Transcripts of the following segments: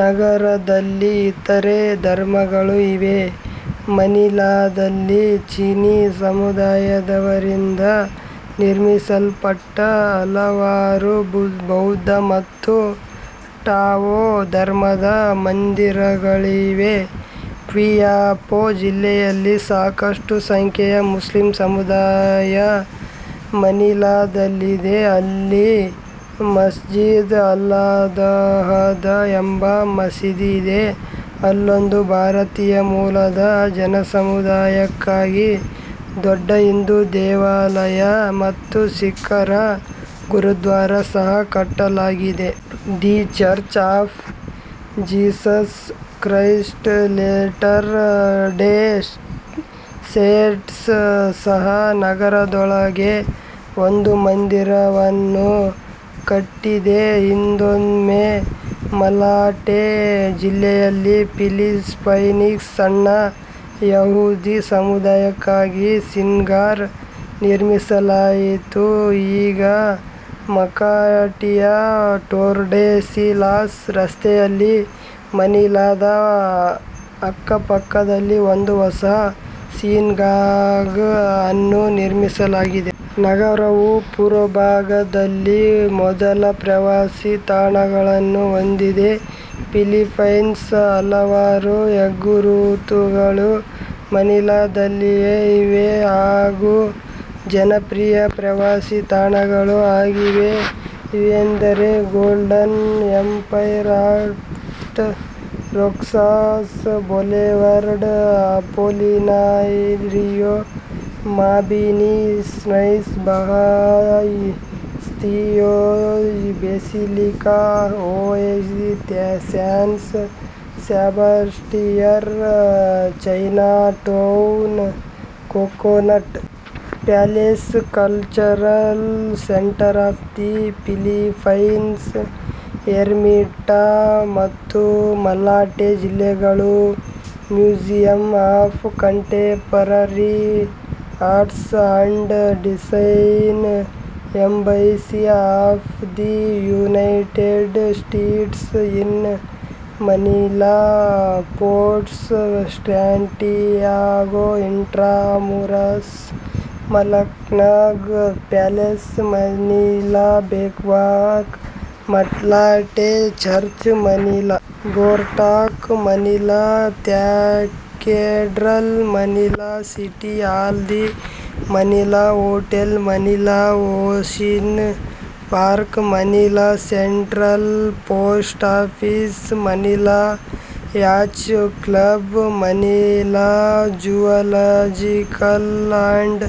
ನಗರದಲ್ಲಿ ಇತರೆ ಧರ್ಮಗಳೂ ಇವೆ. ಮನಿಲಾದಲ್ಲಿ ಚೀನಿ ಸಮುದಾಯದವರಿಂದ ನಿರ್ಮಿಸಲ್ಪಟ್ಟ ಹಲವಾರುಬೌದ್ಧ ಮತ್ತು ಟಾವೋ ಧರ್ಮದ ಮಂದಿರಗಳಿವೆ. ಕ್ವಿಯಾಪೊ ಜಿಲ್ಲೆಯಲ್ಲಿ ಸಾಕಷ್ಟು ಸಂಖ್ಯೆಯ ಮುಸ್ಲಿಂ ಸಮುದಾಯ ಮನಿಲಾದಲ್ಲಿದೆ, ಅಲ್ಲಿ ಮಸ್ಜಿದ್ ಅಲ್-ದಹಬ್ ಎಂಬ ಮಸೀದಿ ಇದೆ. ಅಲ್ಲೊಂದು ಭಾರತೀಯ ಮೂಲದ ಜನಸಮುದಾಯಕ್ಕಾಗಿ ದೊಡ್ಡ ಹಿಂದು ದೇವಾಲಯ ಮತ್ತು ಸಿಖ್ಖರ ಗುರುದ್ವಾರ ಸಹ ಕಟ್ಟಲಾಗಿದೆ. The Church of Jesus Christ Latter Day Saints ಸಹ ನಗರದೊಳಗೆ ಒಂದು ಮಂದಿರವನ್ನು ಕಟ್ಟಿದೆ. ಹಿಂದೊಮ್ಮೆ ಮಲಾಟೆ ಜಿಲ್ಲೆಯಲ್ಲಿ ಫಿಲಿಪ್ಪೈನಿನ ಸಣ್ಣ ಯಹೂದಿ ಸಮುದಾಯಕ್ಕಾಗಿ ಸೀನಗಾಗ್ ನಿರ್ಮಿಸಲಾಗಿತ್ತು. ಈಗ ಮಕಾಟಿಯ ಟೋರ್ಡೆಸಿಲಾಸ್ ರಸ್ತೆಯಲ್ಲಿ, ಮನಿಲಾದ ಅಕ್ಕಪಕ್ಕದಲ್ಲಿ ಒಂದು ಹೊಸ ಸಿನಗಾಗ್ ಅನ್ನು ನಿರ್ಮಿಸಲಾಗಿದೆ. ನಗರವು ಪೂರ್ವಭಾಗದಲ್ಲಿ ಮೊದಲ ಪ್ರವಾಸಿ ತಾಣಗಳನ್ನು ಹೊಂದಿದೆ. ಫಿಲಿಪೈನ್ಸ್ನ ಹಲವಾರು ಹೆಗ್ಗುರುತುಗಳು ಮನಿಲಾದಲ್ಲಿಯೇ ಇವೆ, ಹಾಗೂ ಜನಪ್ರಿಯ ಪ್ರವಾಸೀ ತಾಣಗಳೂ ಆಗಿವೆ. ಅವೆಂದರೆ golden empire at Roxas boulevard, Apolinario Mabini shrine, Bahay Tsinoy, basilica of San Sebastian, Chinatown, coconut palace, cultural centre of the Philippines, Ermita ಮತ್ತು ಮಲಾಟೆ ಜಿಲ್ಲೆಗಳು, museum of contemporary arts and design, embassy of the United States in Manila, Fort Santiago, Intramuros, Malacanang palace, Manila baywalk, Malate church, Manila boardwalk, Manila Cathedral, Manila City Hall, the Manila hotel, Manila ocean park, Manila central post Office, Manila yacht club, Manila zoological and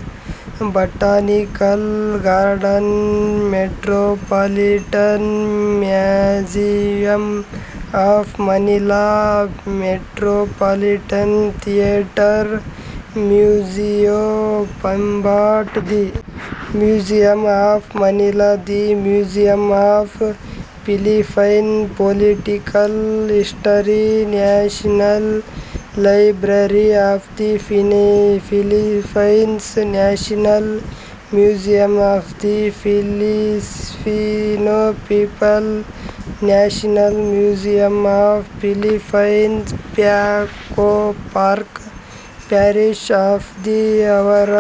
botanical garden, metropolitan museum of Manila, Metropolitan Theater, Museo Pambata, the museum of Manila, the museum of Philippine political history, national library of the Philippines, national museum of the Filipino people, national museum of Philippines, Paco park, parish of the Our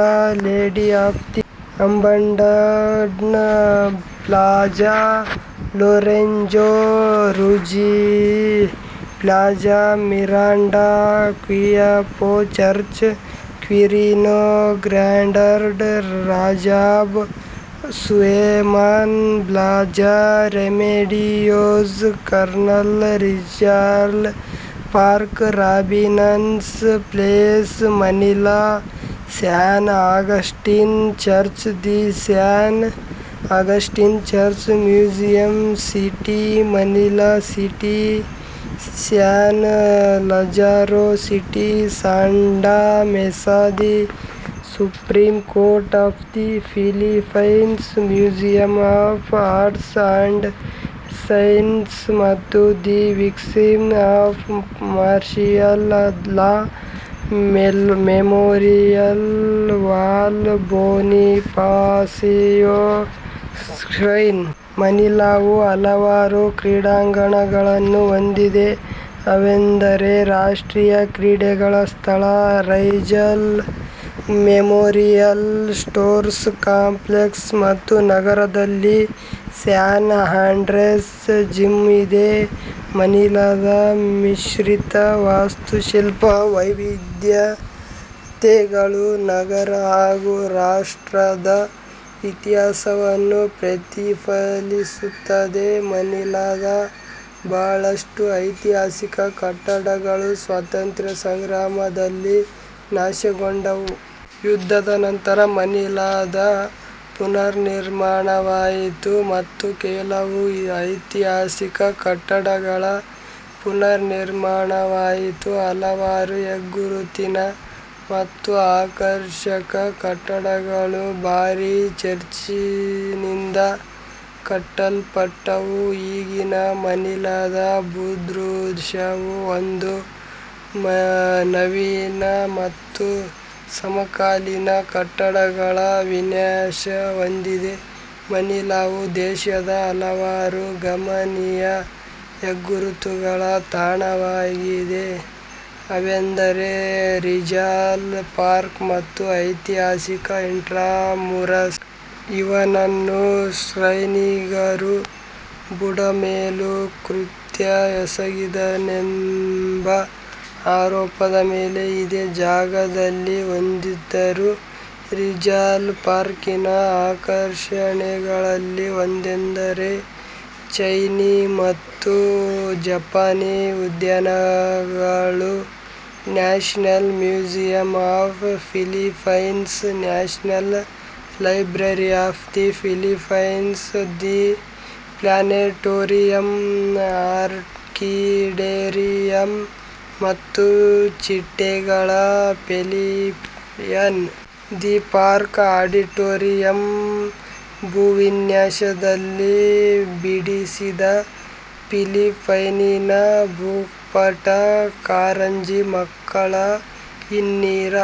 Lady of the abandoned, plaza Lorenzo Ruiz, plaza Miranda, Quiapo church, Quirino grandstand, Rajah Sulayman plaza, Remedios circle, Rizal park, Robinsons place Manila, San Agustin church, the San Agustin church museum, city Manila, city San Lazaro, city Santa Mesa, the supreme court of the Philippines, museum of arts and sciences ಮತ್ತು the victims of martial law memorial wall Bonifacio shrine. ಮನಿಲಾವು ಹಲವಾರು ಕ್ರೀಡಾಂಗಣಗಳನ್ನೂ ಹೊಂದಿದೆ ಅವೆಂದರೆ ರಾಷ್ಟ್ರೀಯಾ ಕ್ರೀಡೆಗಳ ಸ್ಥಳ Rizal memorial sports complex ಮತ್ತು ನಗರದಲ್ಲಿ San Andres gym ಇದೆ. ಮನಿಲಾದ ಮಿಶ್ರಿತ ವಾಸ್ತುಶಿಲ್ಪ ವೈವಿದ್ಯತೆಗಳು ನಗರ ಹಾಗೂ ರಾಷ್ಟ್ರದ ಇತಿಹಾಸವನ್ನು ಪ್ರತಿಫಲಿಸುತ್ತದೆ. ಮನಿಲಾದ ಬಹಳಷ್ಟು ಐತಿಹಾಸಿಕ ಕಟ್ಟಡಗಳು ಸ್ವತಂತ್ರ ಸಂಗ್ರಾಮದಲ್ಲಿ ನಾಶಗೊಂಡವು. ಯುದ್ಧದ ನಂತರ ಮನಿಲಾದ ಪುನರ್ನಿರ್ಮಾಣವಾಯಿತು ಮತ್ತು ಕೆಲವು ಐತಿಹಾಸಿಕ ಕಟ್ಟಡಗಳ ಪುನರ್ನಿರ್ಮಾಣವಾಯಿತು. ಹಲವಾರು ಹೆಗ್ಗುರುತಿನ ಮತ್ತು ಆಕರ್ಷಕ ಕಟ್ಟಡಗಳು ಭಾರಿ ಖರ್ಚಿನಿಂದ ಕಟ್ಟಲ್ಪಟ್ಟವು. ಈಗಿನ ಮನಿಲಾದ ಭೂದೃಶ್ಯವು ಒಂದು ನವೀನ ಮತ್ತು ಸಮಕಾಲೀನ ಕಟ್ಟಡಗಳ ವಿನ್ಯಾಸ ಹೊಂದಿದೆ. ಮನಿಲಾವು ದೇಶದ ಹಲವಾರು ಗಮನೀಯ ಹೆಗ್ಗುರುತುಗಳ ತಾಣವಾಗಿತ್ತು, ಅವೆಂದರೆ ರಿಜಾಲ್ ಪಾರ್ಕ್, ಮತ್ತು ಐತಿಹಾಸಿಕ ಇಂಟ್ರಾಮುರಸ್. ಇವನನ್ನು ಸ್ಪೈನಿಗರು ಬುಡಮೇಲು ಕೃತ್ಯ ಎಸಗಿದನೆಂಬ ಆರೋಪದ ಮೇಲೆ ಇದೇ ಜಾಗದಲ್ಲಿ ಕೊಂದಿದ್ದರು. ರಿಜಾಲ್ ಪಾರ್ಕಿನ ಆಕರ್ಷಣೆಗಳಲ್ಲಿ ಒಂದೆಂದರೆ ಚೈನೀ ಮತ್ತು ಜಪಾನೀ ಉದ್ಯಾನಗಳು, national museum of Philippines, national library of the Philippines, the planetarium, orchidarium ಮತ್ತು ಚಿಟ್ಟೆಗಳ ಪೆವಿಲಿಯನ್, ದಿ ಪಾರ್ಕ್ ಆಡಿಟೋರಿಯಂ, ಭೂವಿನ್ಯಾಸದಲ್ಲಿ ಬಿಡಿಸಿದ ಫಿಲಿಪೈನಿನ ಭೂಪಟ, ಕಾರಂಜಿ ಮಕ್ಕಳ ಹಿನ್ನೀರ